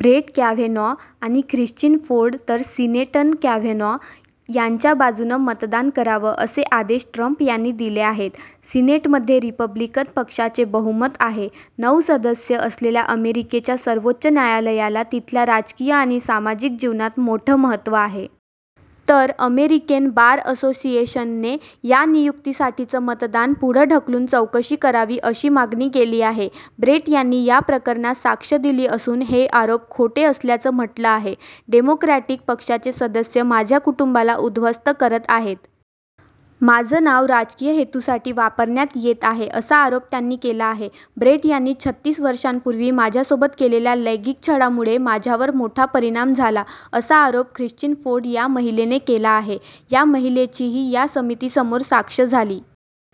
Brett Kavanaugh आणि Christine Ford तर सिनेटनं Kavanaugh यांच्या बाजूनं मतदान करावं, असे आदेश ट्रंप यांनी दिले आहेत. सिनेटमध्ये रिपब्लिकन पक्षाचे बहुमत आहे. नऊ सदस्य असलेल्या अमेरिकेच्या सर्वोच्च न्यायालयाला तिथल्या राजकीय आणि समाजिक जीवनात मोठं महत्त्व आहे. तर अमेरिकेन बार असोसिएशनने या नियुक्तीसाठीचं मतदान पुढं ढकलून चौकशी करावी अशी मागणी केली आहे. ब्रेट यांनी या प्रकरणास साक्ष दिली असून हे आरोप खोटे असल्याचं म्हटलं आहे. डेमोक्रॅटिक पक्षाचे सदस्य माझ्या कुटुंबाला उध्वस्थ करत आहेत. माझं नाव राजकीय हेतूसाठी वापरण्यात येत आहे, असा आरोप त्यांनी केला आहे. ब्रेट यांनी छत्तीस वर्षांपूर्वी माझ्यासोबत केलेल्या लैंगिक छळामुळे माझ्यावर मोठा परिणाम झाला, असा आरोप ख्रिश्चिन फोर्ड या महिलेने केला आहे. या महिलेचीही या समिती समोर साक्ष झाली.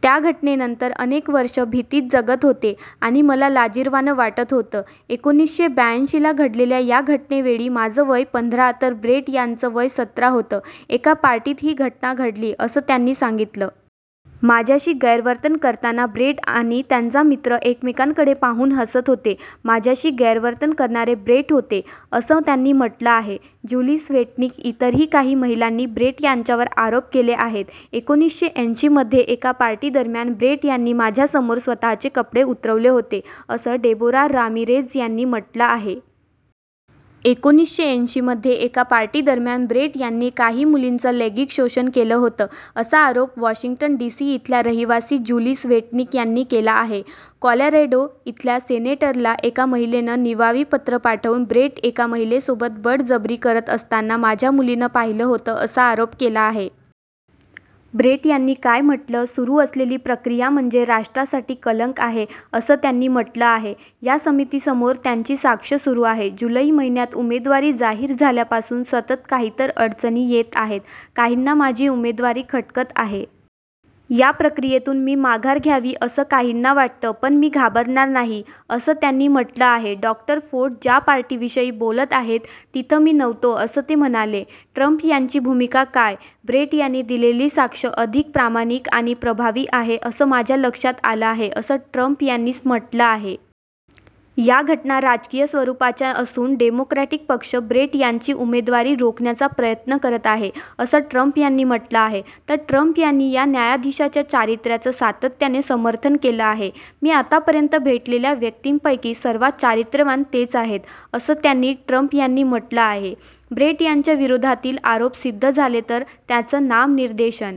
त्या घटनेनंतर अनेक वर्षं भीतीत जगत होते आणि मला लाजिरवाणं वाटत होतं. एकोणीसशे ब्याऐंशीला घडलेल्या या घटनेवेळी माझं वय पंधरा तर ब्रेट यांचं वय सतरा होतं. एका पार्टीत ही घटना घडली, असं त्यांनी सांगितलं. माझ्याशी गैरवर्तन करताना ब्रेट आणि त्यांचा मित्र एकमेकांकडे पाहून हसत होते. माझ्याशी गैरवर्तन करणारे ब्रेट होते, असं त्यांनी म्हटलं आहे. ज्यूली स्वेटनिक इतर ही काही महिलांनी ब्रेट यांच्यावर आरोप केले आहेत. एकोणीसशे ऐंशीमध्ये एका पार्टीदरम्यान ब्रेट यांनी माझ्यासमोर स्वत:चे कपडे उतरवले होते, असं डेबोरा रामिरेझ यांनी म्हटलं आहे. एकोणीसशे ऐंशीमध्ये एका पार्टीदरम्यान ब्रेट यांनी काही मुलींचं लैंगिक शोषण केलं होतं, असा आरोप वॉशिंग्टन डीसी इथल्या रहिवासी ज्यूली स्वेटनिक यांनी केला आहे. कोलॅरेडो इथल्या सिनेटरला एका महिलेनं निनावी पत्र पाठवून ब्रेट एका महिलेसोबत बळजबरी करत असताना माझ्या मुलीनं पाहिलं होतं, असा आरोप केला आहे. ब्रेट यांनी काय म्हटलं? सुरू असलेली प्रक्रिया म्हणजे राष्ट्रासाठी कलंक आहे, असं त्यांनी म्हटलं आहे. या समितीसमोर त्यांची साक्ष सुरू आहे. जुलै महिन्यात उमेदवारी जाहीर झाल्यापासून सतत काहीतर अडचणी येत आहेत. काहींना माझी उमेदवारी खटकत आहे. या प्रक्रियेतून मी माघार घ्यावी, असं काहींना वाटतं. पण मी घाबरणार नाही, असं त्यांनी म्हटलं आहे. डॉ. फोर्ड ज्या पार्टीविषयी बोलत आहेत, तिथं मी नव्हतो, असं ते म्हणाले. ट्रंप यांची भूमिका काय? ब्रेट यांनी दिलेली साक्ष अधिक प्रामाणिक आणि प्रभावी आहे असं माझ्या लक्षात आलं आहे, असं ट्रंप यांनी म्हटलं आहे. या घटना राजकीय स्वरूपाच्या असून डेमोक्रॅटिक पक्ष ब्रेट यांची उमेदवारी रोखण्याचा प्रयत्न करत आहे, असं ट्रंप यांनी म्हटलं आहे. तर ट्रंप यांनी या न्यायाधीशाच्या चारित्र्याचं सातत्याने समर्थन केलं आहे. मी आतापर्यंत भेटलेल्या व्यक्तींपैकी सर्वांत चारित्र्यवान तेच आहेत, असं त्यांनी ट्रंप यांनी म्हटलं आहे. ब्रेट यांच्या विरोधातील आरोप सिद्ध झाले तर त्यांचं नामनिर्देशन